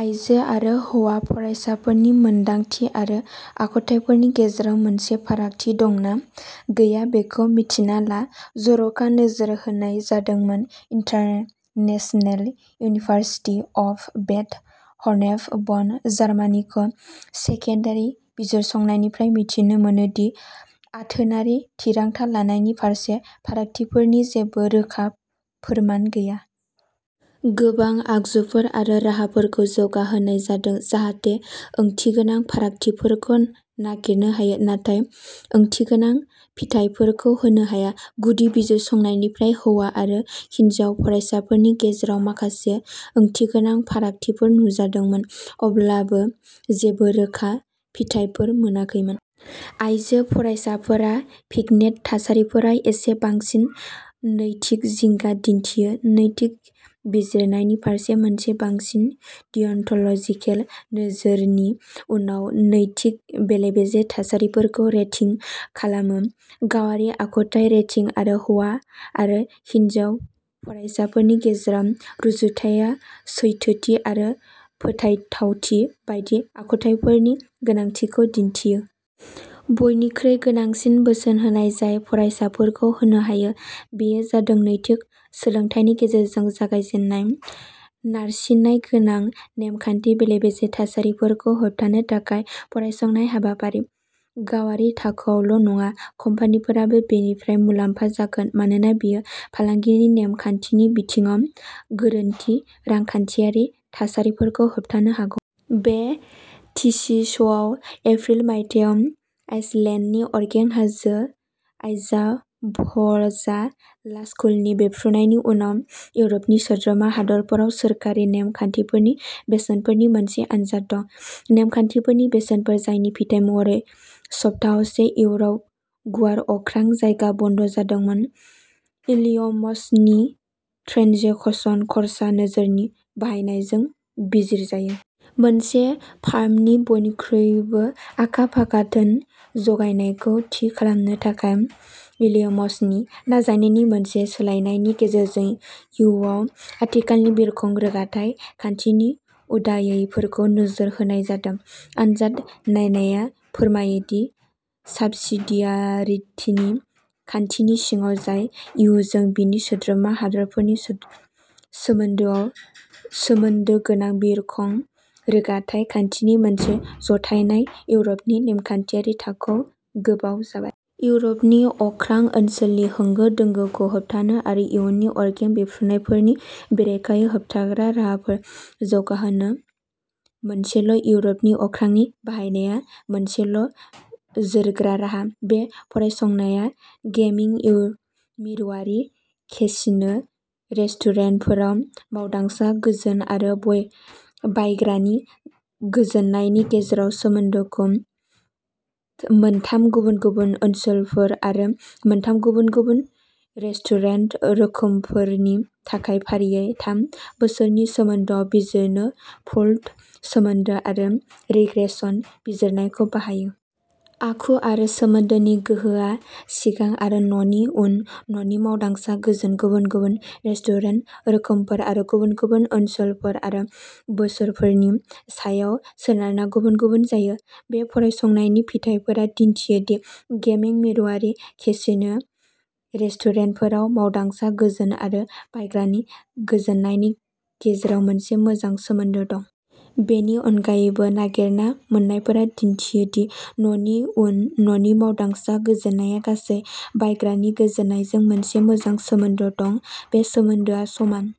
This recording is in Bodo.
आइजो आरो हौवा फरायसाफोरनि मोनदांथि आरो आखुथायफोरनि गेजेराव मोनसे फारागथि दंना गैया बेखौ मिन्थिना ला। जर'खा नोजोर होनाय जादोंमोन international university of Bad Honnef Bonn, जार्मानिखौ। सेकेन्डारि बिजिरसंनायनिफ्राय मिथिनो मोनो दि आथोनारि थिरांथा लानायनि फारसे फारागथिफोरनि जेबो रोखा फोरमान गैया। गोबां आगजुफोर आरो राहाफोरखौ जौगा होनाय जादों, जाहाथे ओंथिगोनां फारागथिफोरखौ नागिरनो हायो, नाथाय ओंथिगोनां फिथाइफोरखौ होनो हाया। गुदि बिजिरसंनायनिफ्राय हौवा आरो हिनजाव फरायसाफोरनि गेजेराव माखासे ओंथिगोनां फारागथिफोर नुजादोंमोन, अब्लाबो जेबो रोखा फिथायफोर मोनाखैमोन। आइजो फरायसाफोरा भिग्नेट थासारिफोराव एसे बांसिन नैतिक जिंगा दिन्थियो, नैतिक बिजिरनायनि फारसे मोनसे बांसिन डियन्ट'ल'जिकेल नोजोर नि उनाव नैतिक बेले-बेजे थासारिफोरखौ रेटिं खालामो। गावारि आखुथाय रेटिं आरो हौवा आरो हिनजाव फरायसाफोरनि गेजेराव रुजुथाया सैथोथि आरो फोथायजाथावथि बायदि आखुथायफोरनि गोनांथिखौ दिन्थियो। बयनिख्रुइ गोनांसिन बोसोन होनाय जाय फरायसाफोरखौ होनो हायो बेयो जादों नैतिक सोलोंथायनि गेजेरजों जागायजेन्नाय। नारसिननाय गोनां नेम खान्थि बेले-बेजे थासारिफोरखौ होबथानो थाखाय फरायसंनाय हाबाफारि। गावारि थाखोआवल' नङा, कम्पानिफोराबो बेनिफ्राय मुलाम्फा जागोन मानोना बेयो फालांगिनि नेम खान्थिनि बिथिङाव गोरोन्थि रांखान्थियारि थासारिफोरखौ होबथानो हागौ। बे थिसिसआव एप्रिल मायथाइयाव आइसलेन्डनि अरगें हाजो आइजाफजाल्लाजकुलनि बेरफ्रुनायनि उनाव इउर'पनि सोद्रोमा हादोरफोराव सोरखारि नेम खान्थिफोरनि बेसेनफोरनि मोनसे आनजाद दं। नेम खान्थिफोरनि बेसेनफोर, जायनि फिथाय महरै सप्ताहसे इउर'प गुवार अख्रां जायगा बन्द' जादोंमोन, विलियमसननि ट्रेन्जेकसन खर्सा नोजोरनि बाहायनायजों बिजिरजायो। मोनसे फार्मनि बयनिख्रुइबो आखा-फाखा धोन जगायनायखौ थि खालामनो थाखाय विलियमसननि नाजानायनि मोनसे सोलायनायनि गेजेरजों, इयुआव आथिखालनि बिरखं रोगाथाइ खान्थिनि उदायैफोरखौ नोजोर होनाय जादों। आनजाद नायनाया फोरमायो दि साबसिडियारिटिनि खान्थिनि सिङाव, जाय इयुजों बिनि सोद्रोमा हादोरफोरनि सोमोन्दोआव सोमोन्दो गोनां, बिरखं रोगाथाइ खान्थिनि मोनसे जथायनाय इउर'पनि नेमखान्थियारि थाखोआ गोबाव जाबाय। इउर'पनि अख्रां ओनसोलनि होंगो-दोंगोखौ होबथानो आरो इयुननि अरगें बेरफ्रुनायफोरनि बेरेखायै होबथाग्रा राहाफोर जौगाहोनो, मोनसेल'इउर'पनि अख्रांनि बाहायनाया मोनसेल' जोरग्रा राहा। बे फरायसंनाया गेमिं मिरुआरि केसिनो रेस्टुरेन्टफोराव मावदांसा गोजोन आरो बायग्रानि गोजोननायनि गेजेराव सोमोन्दोखौ मोनथाम गुबुन गुबुन ओनसोलफोर आरो मोनथाम गुबुन गुबुन रेस्टुरेन्ट रोखोमफोर नि थाखाय फारियै थाम बोसोरनि समखोन्दोआव बिजिरनो पुल्ड सोमोन्दो आरो रिग्रेसन बिजिरनायखौ बाहायो। आखु आरो सोमोन्दोनि गोहोआ सिगां आरो न'नि उन न'नि मावदांसा गोजोन, गुबुन गुबुन रेस्टुरेन्ट रोखोमफोर, आरो गुबुन गुबुन ओनसोलफोर आरो बोसोरफोरनि सायाव सोनारना गुबुन गुबुन जायो। बे फरायसंनायनि फिथायफोरा दिन्थियो दि गेमिं मिरुआरि केसिनो रेस्टुरेन्टफोराव मावदांसा गोजोन आरो बायग्रानि गोजोननायनि गेजेराव मोनसे मोजां सोमोन्दो दं। बेनि अनगायैबो, नागिरना मोन्नायफोरा दिन्थियो दि न'नि उन न'नि मावदांसा गोजोननाया गासै बायग्रानि गोजोननायजों मोनसे मोजां सोमोन्दो दं। बे सोमोन्दोआ समान।